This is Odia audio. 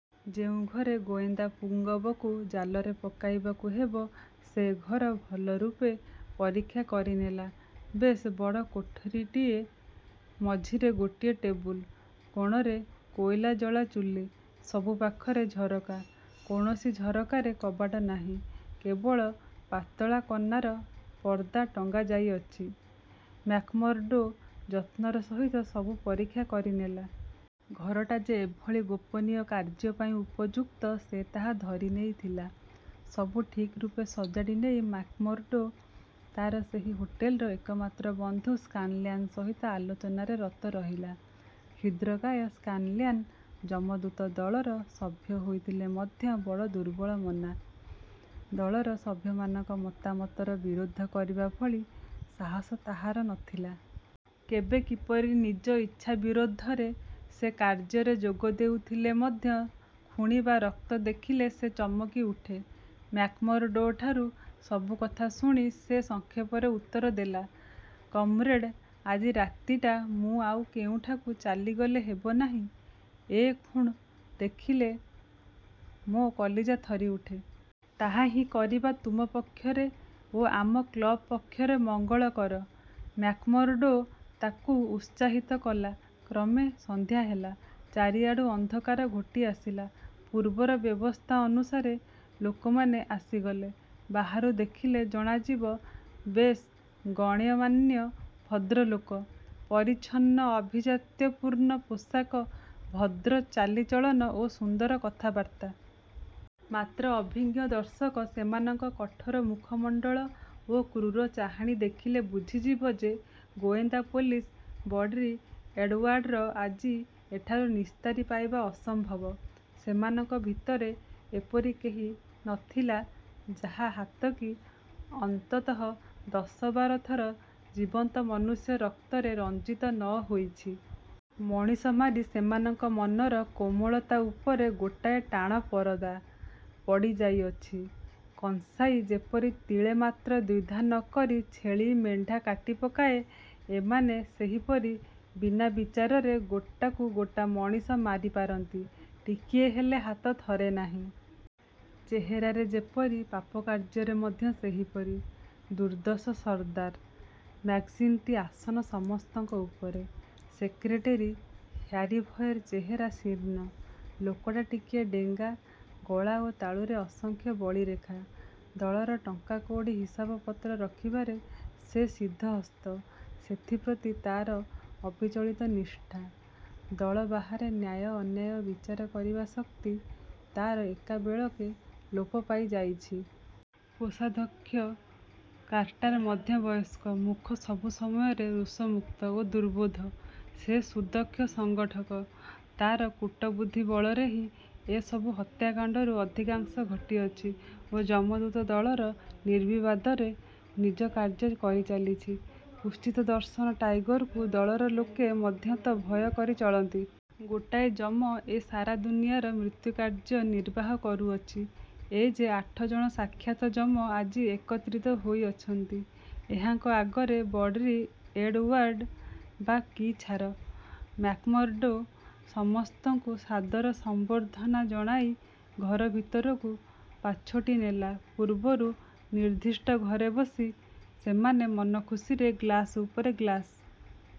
ଯେଉଁ ଘରେ ଗୋଏନ୍ଦାପୁଙ୍ଗବକୁ ଜାଲରେ ପକାଇବାକୁ ହେବ, ସେ ଘର ଭଲରୂପେ ପରୀକ୍ଷା କରିନେଲା-। ବେଶ୍ ବଡ଼ କୋଠରୀଟିଏ; ମଝିରେ ଗୋଟିଏ ଟେବୁଲ, କୋଣରେ କୋଇଲାଜଳା ଚୁଲୀ। ସବୁ ପାଖରେ ଝରକା। କୌଣସି ଝରକାରେ କବାଟ ନାହିଁ; କେବଳ ପାତଳା କନାର ପର୍ଦ୍ଦା ଟଙ୍ଗାଯାଇଅଛି। ମ୍ୟାକ୍ମାର୍ଡ଼ୋ ଯତ୍ନର ସହିତ ସବୁ ପରୀକ୍ଷା କରିନେଲା। ଘରଟା ଯେ ଏଭଳି ଗୋପନୀୟ କାର୍ଯ୍ୟପାଇଁ ଉପଯୁକ୍ତ, ସେ ତାହା ଧରିନେଇଥିଲା। ସବୁ ଠିକ୍ରୂପେ ସଜାଡ଼ିନେଇ ମ୍ୟାକ୍ମାର୍ଡ଼ୋ ତାର ସେହି ହୋଟେଲର ଏକମାତ୍ର ବନ୍ଧୁ ସ୍କାନଲ୍ୟାନ ସହିତ ଆଲୋଚନାରେ ରତ ରହିଲା। କ୍ଷୁଦ୍ରକାୟ ସ୍କାନଲ୍ୟାନ, ଯମଦୂତ ଦଳର ସଭ୍ୟ ହୋଇଥିଲେ ମଧ୍ୟ ବଡ଼ ଦୁର୍ବଳମନା। ଦଳର ସଭ୍ୟମାନଙ୍କ ମତାମତର ବିରୋଧ କରିବା ଭଳି ସାହସ ତାହାର ନ ଥିଲା। କେବେ କିପରି ନିଜ ଇଚ୍ଛା ବିରୋଧରେ ସେ କାର୍ଯ୍ୟରେ ଯୋଗଦେଉଥିଲେ ମଧ୍ୟ ଖୁଣି ବା ରକ୍ତ ଦେଖିଲେ ସେ ଚମକିଉଠେ। ମ୍ୟାକ୍ମାର୍ଡ଼ୋଠାରୁ ସବୁ କଥା ଶୁଣି ସେ ସଂକ୍ଷେପରେ ଉତ୍ତର ଦେଲା, ''କମ୍ରେଡ଼, ଆଜି ରାତିଟା ମୁଁ ଆଉ କେଉଁଠାକୁ ଚାଲିଗଲେ ହେବ ନାହିଁ? ଏ ଖୁଣ୍ ଦେଖିଲେ ମୋ କଲିଜା ଥରିଉଠେ। '' ''ତାହାହିଁ କରିବା ତୁମ ପକ୍ଷରେ ଓ ଆମ କ୍ଳବ ପକ୍ଷରେ ମଙ୍ଗଳକର''–ମ୍ୟାକ୍ମାର୍ଡ଼ୋ ତାକୁ ଉତ୍ସାହିତ କଲା। କ୍ରମେ ସନ୍ଧ୍ୟା ହେଲା। ଚାରିଆଡ଼ୁ ଅନ୍ଧକାର ଘୋଟିଆସିଲା। ପୂର୍ବର ବ୍ୟବସ୍ଥା ଅନୁସାରେ ଲୋକମାନେ ଆସିଗଲେ। ବାହାରୁ ଦେଖିଲେ ଜଣାଯିବ, ବେଶ୍ ଗଣ୍ୟମାନ୍ୟ ଭଦ୍ରଲୋକ। ପରିଚ୍ଛନ୍ନ ଆଭିଜାତ୍ୟପୂର୍ଣ୍ଣ ପୋଷାକ; ଭଦ୍ର ଚାଲିଚଳନ ଓ ସୁନ୍ଦର କଥାବାର୍ତ୍ତା। ମାତ୍ର ଅଭିଜ୍ଞ ଦର୍ଶକ ସେମାନଙ୍କ କଠୋର ମୁଖମଣ୍ଡଳ ଓ କ୍ରୂର ଚାହାଣୀ ଦେଖିଲେ ବୁଝିଯିବ ଯେ ଗୋଏନ୍ଦା ପୋଲିସ ବର୍ଡ଼ି ଏଡ଼ଓ୍ୟାର୍ଡ଼ର ଆଜି ଏଠାରୁ ନିସ୍ତାରି ପାଇବା ଅସମ୍ଭବ। ସେମାନଙ୍କ ଭିତରେ ଏପରି କେହି ନ ଥିଲା, ଯାହା ହାତ କି ଅନ୍ତତଃ ଦଶବାର ଥର ଜୀବନ୍ତ ମନୁଷ୍ୟ ରକ୍ତରେ ରଞ୍ଜିତ ନ ହୋଇଛି। ମଣିଷ ମାରି ସେମାନଙ୍କ ମନର କୋମଳତା ଉପରେ ଗୋଟାଏ ଟାଣ ପରଦା। ପଡ଼ିଯାଇଅଛି। କଂସାଇ ଯେପରି ତିଳେ ମାତ୍ର ଦ୍ୱିଧା ନ କରି ଛେଳି, ମେଣ୍ଢା କାଟିପକାଏ, ଏମାନେ ସେହିପରି ବିନା ବିଚାରରେ ଗୋଟାକୁ ଗୋଟା ମଣିଷ ମାରିପାରନ୍ତି, ଟିକିଏ ହେଲେ ହାତ ଥରେ ନାହିଁ। ଚେହେରାରେ ଯେପରି, ପାପକାର୍ଯ୍ୟରେ ମଧ୍ୟ ସେହିପରି ଦୁର୍ଦ୍ଦର୍ଷସର୍ଦ୍ଦାର ମ୍ୟାକ୍ଜିଣ୍ଟି ଆସନ ସମସ୍ତଙ୍କ ଉପରେ। ସେକ୍ରେଟେରୀ ହ୍ୟାରିଭଏ ଚେହେରା ଶୀର୍ଣ୍ଣ। ଲୋକଟା ଟିକିଏ ଡେଙ୍ଗା, ଗଳା ଓ ତାଳୁରେ ଅସଂଖ୍ୟ ବଳିରେଖା। ଦଳର ଟଙ୍କାକଉଡ଼ି ହିସାବପତ୍ର ରଖିବାରେ ସେ ସିଦ୍ଧହସ୍ତ, ସେଥିପ୍ରତି ତାର ଅବିଚଳିତ ନିଷ୍ଠା। ଦଳ ବାହାରେ ନ୍ୟାୟ ଅନ୍ୟାୟ ବିଚାର କରିବା ଶକ୍ତି ତାର ଏକାବେଳକେ ଲୋପ ପାଇଯାଇଛି। କୋଷାଧ୍ୟକ୍ଷ କାର୍ଟାର ମଧ୍ୟବୟସ୍କ। ମୁଖ ସବୁ ସମୟରେ ରୋଷମୁକ୍ତ ଓ ଦୁର୍ବୋଧ୍ୟ। ସେ ସୁଦକ୍ଷ ସଙ୍ଗଠକ। ତାର କୁଟବୁଦ୍ଧି ବଳରେ ହିଁ ଏ ସବୁ ହତ୍ୟାକାଣ୍ଡରୁ ଅଧିକାଂଶ ଘଟିଅଛି ଓ ଯମଦୂତ ଦଳର ନିର୍ବିବାଦରେ ନିଜ କାର୍ଯ୍ୟ କରିଚାଲିଛି। କୁତ୍ସିତଦର୍ଶନ ଟାଇଗରକୁ ଦଳର ଲୋକେ ମଧ୍ୟ ତ ଭୟ କରି ଚଳନ୍ତି। ଗୋଟାଏ ଯମ ଏ ସାରା ଦୁନିଆର ମୃତ୍ୟୁକାର୍ଯ୍ୟ ନିର୍ବାହ କରୁଅଛି। ଏ ଯେ ଆଠ ଜଣ ସାକ୍ଷାତ ଯମ ଆଜି ଏକତ୍ରିତ ହୋଇଅଛନ୍ତି; ଏହାଙ୍କ ଆଗରେ ବର୍ଡ଼ି ଏଡ଼ଉଆର୍ଡ଼ ବା କି ଛାର? ମ୍ୟାକ୍ମାର୍ଡ଼ୋ ସମସ୍ତଙ୍କୁ ସାଦର ସମ୍ବର୍ଦ୍ଧନା ଜଣାଇ ଘର ଭିତରକୁ ପାଛୋଟି ନେଲା। ପୂର୍ବରୁ ନିର୍ଦ୍ଦିଷ୍ଟ ଘରେ ବସି ସେମାନେ ମନଖୁସିରେ ଗ୍ଳାସ ଉପରେ ଗ୍ଳାସ